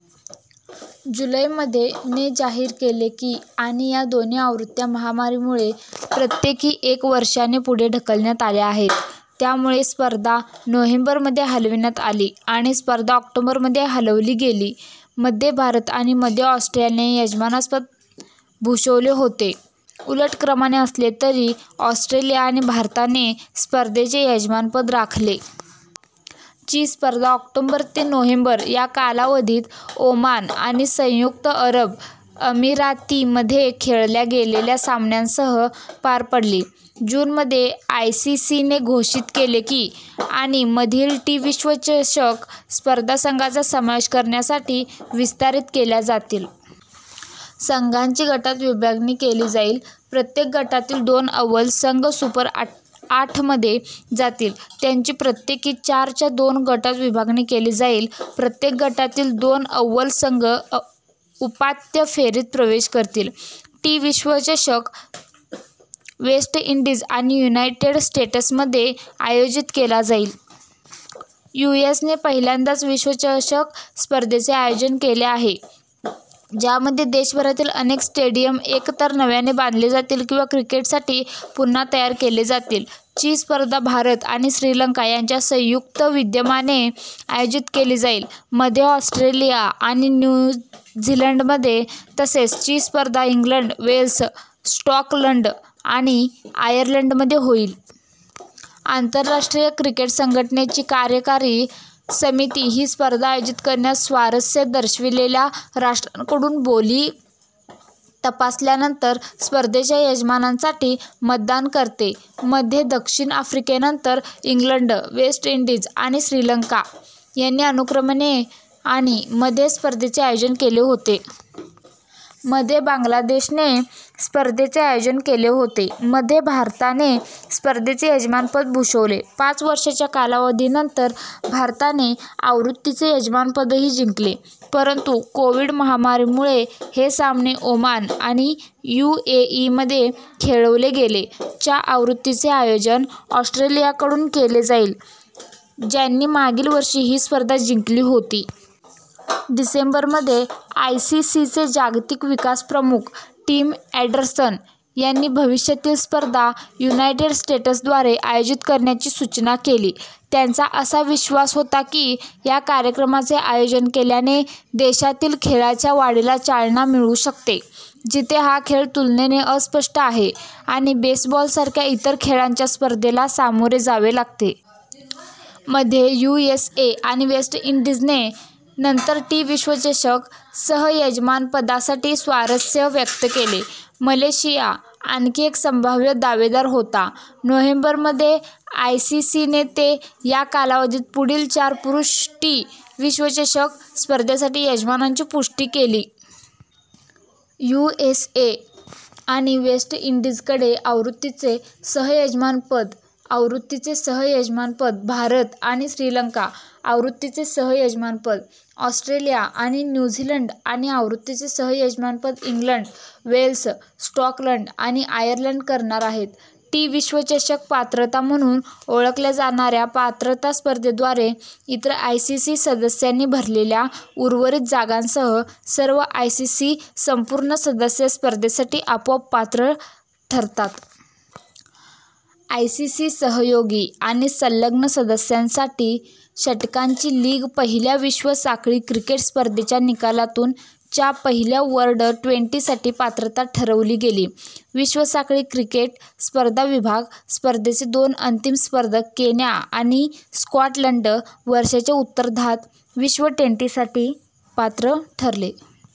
जुलै मध्ये, ने जाहीर केले की आणि या दोन्ही आवृत्त्या महामारीमुळे प्रत्येकी एक वर्षाने पुढे ढकलण्यात आल्या आहेत. त्यामुळे, स्पर्धा नोव्हेंबर मध्ये हलविण्यात आली आणि स्पर्धा ऑक्टोबर मध्ये हलवली गेली. मध्ये भारत आणि मध्ये ऑस्ट्रेलियाने यजमानपद भूषवले होते, उलट क्रमाने असले तरी ऑस्ट्रेलिया आणि भारताने स्पर्धेचे यजमानपद राखले. ची स्पर्धा ऑक्टोबर ते नोव्हेंबर या कालावधीत ओमान आणि संयुक्त अरब अमिरातीमध्ये खेळल्या गेलेल्या सामन्यांसह पार पडली.। जून मध्ये, आयसीसीने घोषित केले की,, आणि मधील टी विश्वचषक स्पर्धा संघांचा समावेश करण्यासाठी विस्तारित केल्या जातील. संघांची गटात विभागणी केली जाईल, प्रत्येक गटातील दोन अव्वल संघ सुपर आठमध्ये जातील. त्यांची प्रत्येकी चारच्या दोन गटात विभागणी केली जाईल, प्रत्येक गटातील दोन अव्वल संघ उपांत्य फेरीत प्रवेश करतील. टी विश्वचषक वेस्ट इंडीज आणि युनायटेड स्टेट्समध्ये आयोजित केला जाईल. यूएसने पहिल्यांदाच विश्वचषक स्पर्धेचे आयोजन केले आहे, ज्यामध्ये देशभरातील अनेक स्टेडियम एकतर नव्याने बांधले जातील किंवा क्रिकेटसाठी पुन्हा तयार केले जातील. ची स्पर्धा भारत आणि श्रीलंका यांच्या संयुक्त विद्यमाने आयोजित केली जाईल, मध्ये ऑस्ट्रेलिया आणि न्यू झीलंडमध्ये तसेच ची स्पर्धा इंग्लंड, वेल्स, स्कॉटलंड आणि आयर्लंडमध्ये होईल. आंतरराष्ट्रीय क्रिकेट संघटनेची कार्यकारी समिती ही स्पर्धा आयोजित करण्यात स्वारस्य दर्शविलेल्या राष्ट्रांकडून बोली तपासल्यानंतर स्पर्धेच्या यजमानांसाठी मतदान करते. मध्ये दक्षिण आफ्रिकेनंतर, इंग्लंड, वेस्ट इंडीज आणि श्रीलंका यांनी अनुक्रमे, आणि मध्ये स्पर्धेचे आयोजन केले होते. मध्ये बांगलादेशने स्पर्धेचे आयोजन केले होते. मध्ये भारताने स्पर्धेचे यजमानपद भूषवले. पाच वर्षांच्या कालावधीनंतर, भारताने आवृत्तीचे यजमानपदही जिंकले, परंतु कोविड- महामारीमुळे हे सामने ओमान आणि युएई मध्ये खेळवले गेले. च्या आवृत्तीचे आयोजन ऑस्ट्रेलियाकडून केले जाईल, ज्यांनी मागील वर्षी ही स्पर्धा जिंकली होती. डिसेंबर मध्ये, आयसीसीचे जागतिक विकास प्रमुख, टिम अँडरसन यांनी भविष्यातील स्पर्धा युनायटेड स्टेट्सद्वारे आयोजित करण्याची सूचना केली. त्यांचा असा विश्वास होता की या कार्यक्रमाचे आयोजन केल्याने देशातील खेळाच्या वाढीला चालना मिळू शकते, जिथे हा खेळ तुलनेने अस्पष्ट आहे आणि बेसबॉल सारख्या इतर खेळांच्या स्पर्धेला सामोरे जावे लागते. मध्ये, यूएसए आणि वेस्ट इंडीजने नंतर टी विश्वचषक सह-यजमानपदासाठी स्वारस्य व्यक्त केले, मलेशिया आणखी एक संभाव्य दावेदार होता. नोव्हेंबर मध्ये, आयसीसीने ते या कालावधीत पुढील चार पुरुष टी विश्वचषक स्पर्धेसाठी यजमानांची पुष्टी केली. यूएसए आणि वेस्ट इंडीजकडे आवृत्तीचे सह-यजमानपद, आवृत्तीचे सह-यजमानपद भारत आणि श्रीलंका, आवृत्तीचे सह-यजमानपद ऑस्ट्रेलिया आणि न्यू झीलंड आणि आवृत्तीचे सह-यजमान इंग्लंड, वेल्स, स्कॉटलंड आणि आयर्लंड करणार आहेत. टी विश्वचषक पात्रता म्हणून ओळखल्या जाणार्या पात्रता स्पर्धेद्वारे इतर आयसीसी सदस्यांनी भरलेल्या उर्वरित जागांसह, सर्व आयसीसी संपूर्ण सदस्य स्पर्धेसाठी आपोआप पात्र ठरतात. आयसीसी सहयोगी आणि संलग्न सदस्यांसाठी षटकांची लीग पहिल्या विश्व साखळी क्रिकेट स्पर्धेच्या निकालातून च्या पहिल्या वर्ल्ड ट्वेंटी साठी पात्रता ठरवली गेली. विश्व साखळी क्रिकेट स्पर्धा विभाग स्पर्धेचे दोन अंतिम स्पर्धक, केन्या आणि स्कॉटलंड, वर्षाच्या उत्तरार्धात विश्व ट्वेंटी साठी पात्र ठरले.